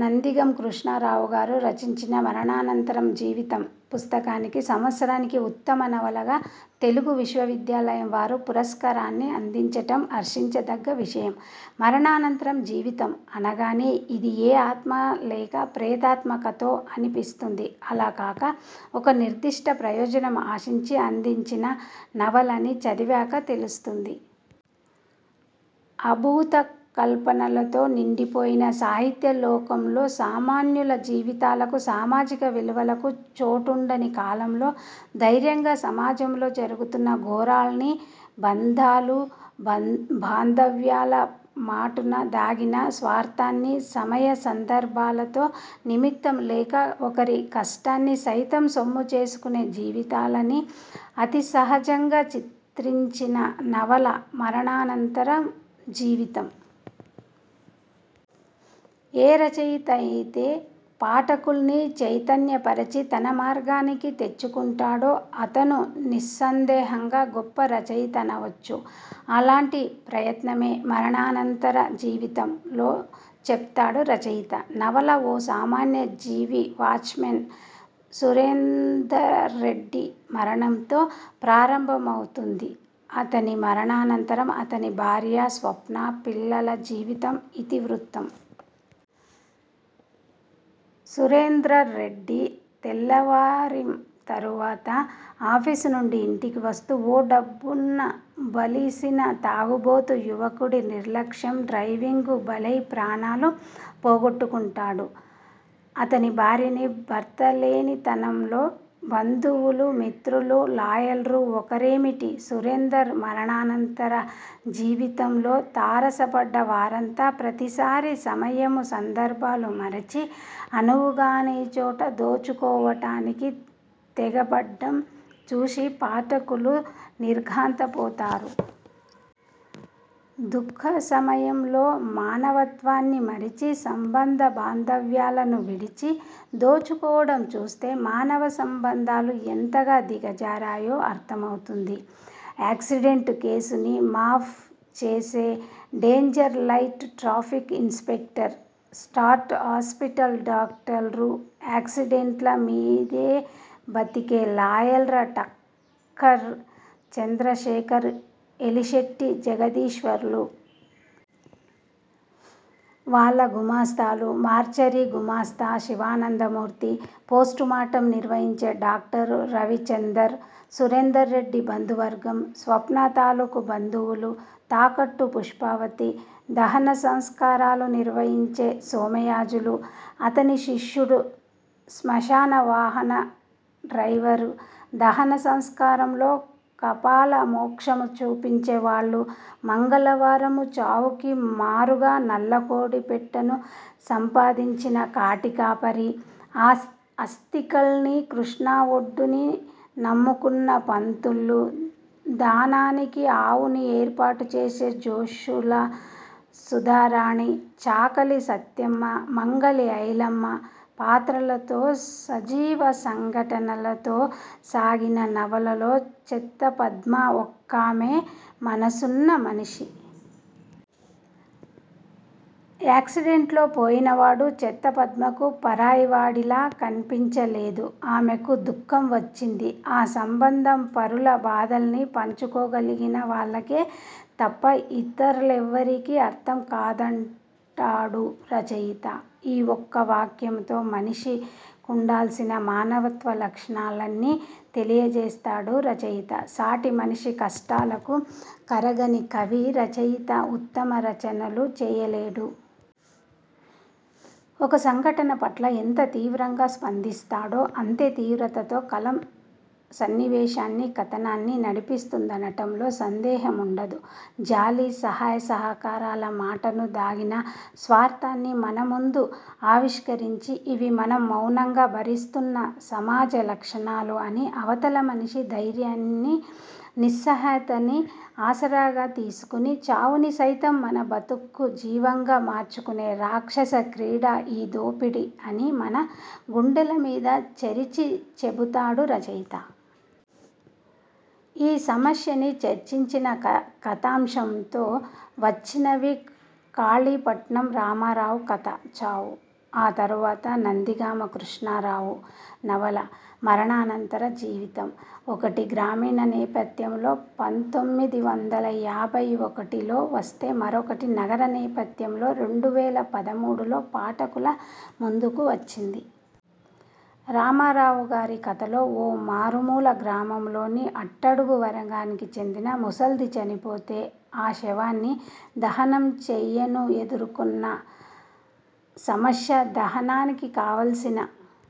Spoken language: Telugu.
నందిగం కృష్ణారావుగారు రచించిన 'మరణానంతర జీవితం' పుస్తకానికి సంవత్సరానికి ఉత్తమ నవలగా తెలుగు విశ్వవిద్యాలయం వారు పురస్కారాన్ని అందించడం హర్షించ తగ్గ విషయం. 'మరణానంతర జీవితం' అనగానే ఇది ఏ ఆత్మ లేక ప్రేతాత్మ కథో అనిపిస్తుంది. అలా కాక ఒక నిర్ధిష్ట ప్రయోజనం ఆశించి అందించిన నవలని చదివాక తెలుస్తుంది. అభూత కల్పనలతో నిండిపోయిన సాహిత్య లోకంలో సామాన్యుల జీవితాలకూ సామాజిక విలువలకూ చోటుండని కాలంలో, ధైర్యంగా సమాజంలో జరుగుతున్న ఘోరాల్నీ, బంధాలూ బందా బాంధవ్యాల మాటున దాగిన స్వార్థాన్నీ, సమయ సందర్భాలతో నిమిత్తం లేక ఒకరి కష్టాన్ని సైతం సొమ్ము చేసుకునే జీవితాలనీ అతి సహజంగా చిత్రించిన నవల 'మరణానంతర జీవితం'. ఏ రచయితైతే పాఠకుల్ని చైతన్యపరచి తన మార్గానికి తెచ్చుకుంటాడో అతను నిస్సందేహంగా గొప్ప రచయితనవచ్చు. అలాంటి ప్రయత్నమే 'మరణానంతర జీవితం'లో చేస్తాడు రచయిత. నవల ఓ సామాన్య జీవి- వాచ్మెన్ సురేందర్రెడ్డి మరణంతో ప్రారంభమవుతుంది. అతని మరణానంతరం అతని భార్య స్వప్న, పిల్లల జీవితం ఇతివృత్తం. సురేందర్రెడ్డి తెల్లవారిం తరువాత ఆఫీసు నుండి ఇంటికి వస్తూ ఓ డబ్బున్న, బలిసిన తాగుబోతు యువకుడి నిర్లక్ష్య డ్రైవింగ్కు బలై ప్రాణాలు పోగొట్టుకుంటాడు. అతని భార్యని- భర్తలేనితనంలో- బంధువులూ, మిత్రులూ, లాయర్లూ ఒకరేమిటి, సురేందర్ మరణానంతర జీవితంలో తారసపడ్డవారంతా ప్రతిసారి సమయము సందర్భాలు మరచి, అనువుగాని చోట దోచుకోవడానికి తెగబడ్డం చూసి పాఠకులు నిర్ఘాంతపోతారు. దుఃఖ సమయంలో మానవత్వాన్ని మరచి, సంబంధ బాంధవ్యాలను విడిచి దోచుకోవడం చూస్తే మానవ సంబంధాలు ఎంతగా దిగజారాయో అర్థమవుతుంది. ఆక్సిడెంట్ కేసుని మాఫ్ చేసే danger light traffic inspector, star hospital డాక్టర్లు, ఆక్సిడెంట్ల మీదే బతికే లాయర్ టక్కర్ చంద్రశేఖర్, ఎలిశెట్టి జగదీశ్వర్లు, వాళ్ళ గుమాస్తాలు, మార్చరీ గుమాస్తా శివానందమూర్తి, పోస్టుమార్టం నిర్వహించే డాక్టర్ రవిచందర్, సురేందర్రెడ్డి బంధువర్గం, స్వప్న తాలూకు బంధువులు, తాకట్టు పుష్పావతి, దహన సంస్కారాలు నిర్వహించే సోమయాజులు, అతని శిష్యుడు, శ్మశాన వాహక డ్రైవర్, దహన సంస్కారంలో కపాల మోక్షం చూపించే వాళ్ళు, మంగళవారం చావుకి మారుగా నల్లకోడి పెట్టను సంపాదించిన కాటి కాపరి, అస్థికల్నీ కృష్ణా ఒడ్డునీ నమ్ముకున్న పంతుళ్ళు, దానానికి ఆవుని ఏర్పాటు చేసే జోస్యుల సుధారాణి, చాకలి సత్తెమ్మ, మంగలి ఐలమ్మ పాత్రలతో సజీవ సంఘటనలతో సాగిన నవలలో చెత్త పద్మ ఒక్కామే మనసున్న మనిషి. ఆక్సిడెంట్లో పోయినవాడు చెత్త పద్మకు పరాయివాడిలా కన్పించలేదు. ఆమెకు దుఃఖం వచ్చింది. ఆ సంబంధం పరుల బాధల్ని పంచుకోగలిగిన వాళ్ళకే తప్ప ఇతర్లెవ్వరికీ అర్థం కాదంటాడు రచయిత. ఈ ఒక్క వాక్యంతో మనిషి కుండాల్సిన మానవత్వ లక్షణాల్ని తెలియజేస్తాడు రచయిత. సాటి మనిషి కష్టాలకు కరగని కవి, రచయిత ఉత్తమ రచనలు చెయ్యలేడు. ఒక సంఘటన పట్ల ఎంత తీవ్రంగా స్పందిస్తాడో అంతే తీవ్రతతో కలం సన్నివేశాన్నీ కథనాన్నీ నడిపిస్తుందనడంలో సందేహముండదు. జాలి, సహాయ సహకారాల మాటున దాగిన స్వార్థాన్ని మన ముందు ఆవిష్కరించి, ఇవీ మనం మౌనంగా భరిస్తున్న సమాజ లక్షణాలు అనీ, అవతల మనిషి దైన్యాన్నీ నిస్సహాయతనీ ఆసరాగా తీసుకుని చావుని సైతం మన బతుక్కు జీవంగా మార్చుకునే రాక్షస క్రీడ ఈ దోపిడీ అనీ మన గుండెల మీద చరిచి చెబుతాడు రచయిత. ఈ సమస్యని చర్చించిన కా కథాంశంతో వచ్చినవి కాళీపట్నం రామారావు కథ 'చావు', ఆ తరువాత నందిగం కృష్ణారావు నవల 'మరణానంతర జీవితం'. ఒకటి గ్రామీణ నేపథ్యంలో పంతొమ్మిది వందల యాబై ఒకటిలో వస్తే మరొకటి నగర నేపథ్యంలో రెండు వేల పదమూడులో పాఠకుల ముందుకు వచ్చింది. రామారావుగారి కథలో ఓ మారుమూల గ్రామంలోని అట్టడుగు వర్గానికి చెందిన ముసల్ది చనిపోతే ఆ శవాన్ని దహనం చెయ్యను ఎదుర్కొన్న సమస్య దహనానికి కావాల్సిన